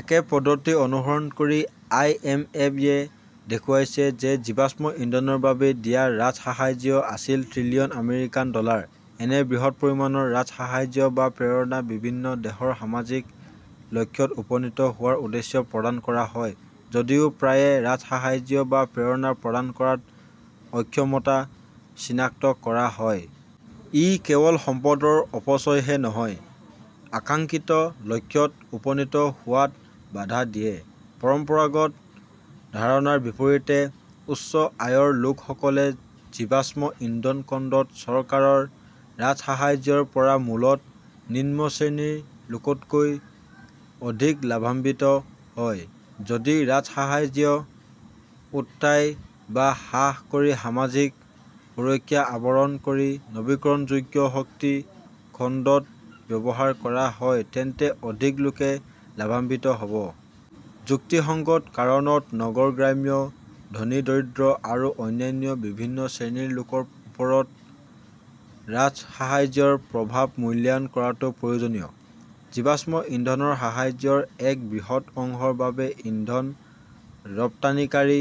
একে পদ্ধতি অনুসৰণ কৰি আইএমএফ য়ে দেখুৱাইছে যে জীৱাশ্ম ইন্ধনৰ বাবে দিয়া ৰাজসাহায্য আছিল ট্ৰিলিয়ন আমেৰিকান ডলাৰ। এনে বৃহৎ পৰিমাণৰ ৰাজসাহায্য বা প্ৰেৰণা বিভিন্ন দেশৰ সামাজিক লক্ষ্যত উপনীত হোৱাৰ উদ্দেশ্যে প্ৰদান কৰা হয় যদিও প্ৰায়ে ৰাজসাহায্য বা প্ৰেৰণা প্ৰদান কৰাত অক্ষমতা চিনাক্ত কৰা হয়। ই কেৱল সম্পদৰ অপচয়হে নহয়, আকাংক্ষিত লক্ষ্যত উপনীত হোৱাত বাধা দিয়ে। পৰম্পৰাগত ধাৰণাৰ বিপৰীতে, উচ্চ আয়ৰ লোকসকলে জীৱাশ্ম ইন্ধন খণ্ডত চৰকাৰৰ ৰাজসাহায্যৰ পৰা মূলতঃ নিম্ন শ্ৰেণীৰ লোকতকৈ অধিক লাভান্বিত হয়। যদি ৰাজসাহায্য উঠাই বা হ্ৰাস কৰি সামাজিক সুৰক্ষা আৱৰণ কৰি নৱীকৰণযোগ্য শক্তি খণ্ডত ব্যৱহাৰ কৰা হয় তেন্তে অধিক লোকে লাভান্বিত হ 'ব। যুক্তিসঙ্গত কাৰণত, নগৰ-গ্ৰাম্য, ধনী-দৰিদ্ৰ আৰু অন্যান্য বিভিন্ন শ্ৰেণীৰ লোকৰ ওপৰত ৰাজসাহায্যৰ প্ৰভাৱ মূল্যায়ন কৰাটো প্ৰয়োজনীয়। জীৱাশ্ম ইন্ধনৰ সাহায্যৰ এক বৃহৎ অংশৰ বাবে ইন্ধন ৰপ্তানিকাৰী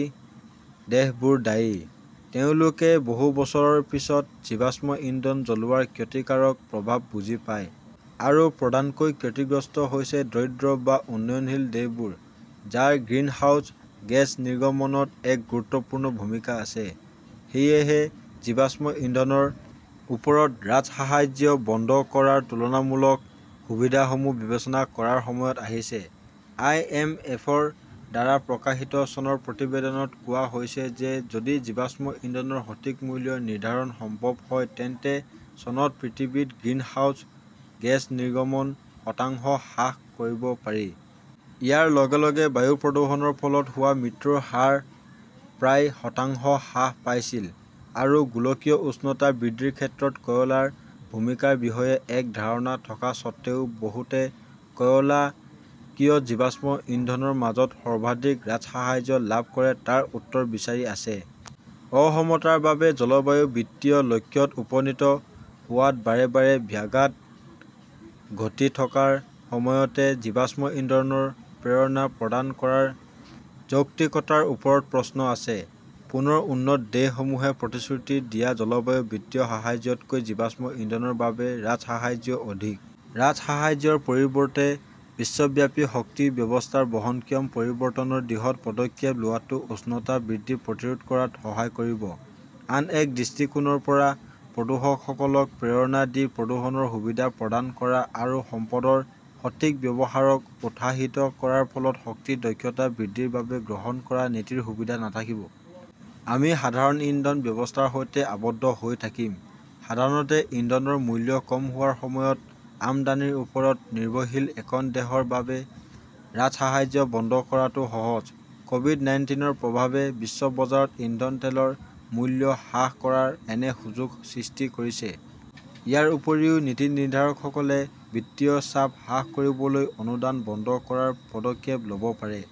দেশবোৰ দায়ী। তেওঁলোকে বহু বছৰৰ পিছত জীৱাশ্ম ইন্ধন জ্বলোৱাৰ ক্ষতিকাৰক প্ৰভাৱ বুজি পায়। আৰু প্ৰধানকৈ ক্ষতিগ্ৰস্ত হৈছে দৰিদ্ৰ বা উন্নয়নশীল দেশবোৰ, যাৰ গ্ৰিনহাউজ গেছ নিৰ্গমনত এক গুৰুত্বপূৰ্ণ ভূমিকা আছে। সেয়েহে, জীৱাশ্ম ইন্ধনৰ ওপৰত ৰাজসাহায্য বন্ধ কৰাৰ তুলনামূলক সুবিধাসমূহ বিবেচনা কৰাৰ সময় আহিছে। আইএমএফৰ দ্বাৰা প্ৰকাশিত চনৰ প্ৰতিবেদনত কোৱা হৈছে যে যদি জীৱাশ্ম ইন্ধনৰ সঠিক মূল্য নিৰ্ধাৰণ সম্ভৱ হয় তেন্তে চনত পৃথিৱীত গ্ৰীণহাউছ গেছ নিৰ্গমন শতাংশ হ্ৰাস কৰিব পাৰি। ইয়াৰ লগে লগে বায়ু প্ৰদূষণৰ ফলত হোৱা মৃত্যুৰ হাৰ প্ৰায় শতাংশ হ্ৰাস পাইছিল। আৰু গোলকীয় উষ্ণতা বৃদ্ধিৰ ক্ষেত্ৰত কয়লাৰ ভূমিকাৰ বিষয়ে এক ধাৰণা থকা স্বত্বেও, বহুতে কয়লা কিয় জীৱাশ্ম ইন্ধনৰ মাজত সৰ্বাধিক ৰাজসাহায্য লাভ কৰে তাৰ উত্তৰ বিচাৰি আছে। অসমতাৰ বাবে জলবায়ু বিত্তীয় লক্ষ্যত উপনীত হোৱাত বাৰে বাৰে ব্যাঘাত ঘটি থকাৰ সময়তে, জীৱাশ্ম ইন্ধনৰ প্ৰেৰণা প্ৰদান কৰাৰ যৌক্তিকতাৰ ওপৰত প্ৰশ্ন আছে। পুনৰ উন্নত দেশসমূহে প্ৰতিশ্ৰুতি দিয়া জলবায়ু বিত্তীয় সাহায্যতকৈ জীৱাশ্ম ইন্ধনৰ বাবে ৰাজসাহায্য অধিক। ৰাজসাহায্যৰ পৰিৱৰ্তে বিশ্বব্যাপী শক্তি ব্যৱস্থাৰ বহনক্ষম পৰিৱৰ্তনৰ দিশত পদক্ষেপ লোৱাটোৱে উষ্ণতা বৃদ্ধি প্ৰতিৰোধ কৰাত সহায় কৰিব। আন এক দৃষ্টিকোণৰ পৰা, প্ৰদূষকসকলক প্ৰেৰণা দি প্ৰদূষণৰ সুবিধা প্ৰদান কৰা আৰু সম্পদৰ সঠিক ব্যৱহাৰক উৎসাহিত কৰাৰ ফলত শক্তি দক্ষতা বৃদ্ধিৰ বাবে গ্ৰহণ কৰা নীতিৰ সুবিধা নাথাকিব। আমি সাধাৰণ ইন্ধন ব্যৱস্থাৰ সৈতে আবদ্ধ হৈ থাকিম। সাধাৰণতে ইন্ধনৰ মূল্য কম হোৱাৰ সময়ত আমদানিৰ ওপৰত নিৰ্ভৰশীল এখন দেশৰ বাবে ৰাজসাহায্য বন্ধ কৰাটো সহজ। ক'ভিড- নাইনটিনৰ প্ৰভাৱে বিশ্ব বজাৰত ইন্ধন তেলৰ মূল্য হ্ৰাস কৰাৰ এনে সুযোগ সৃষ্টি কৰিছে। ইয়াৰ উপৰিও নীতি নিৰ্ধাৰকসকলে বিত্তীয় চাপ হ্ৰাস কৰিবলৈ অনুদান বন্ধ কৰাৰ পদক্ষেপ ল'ব পাৰে।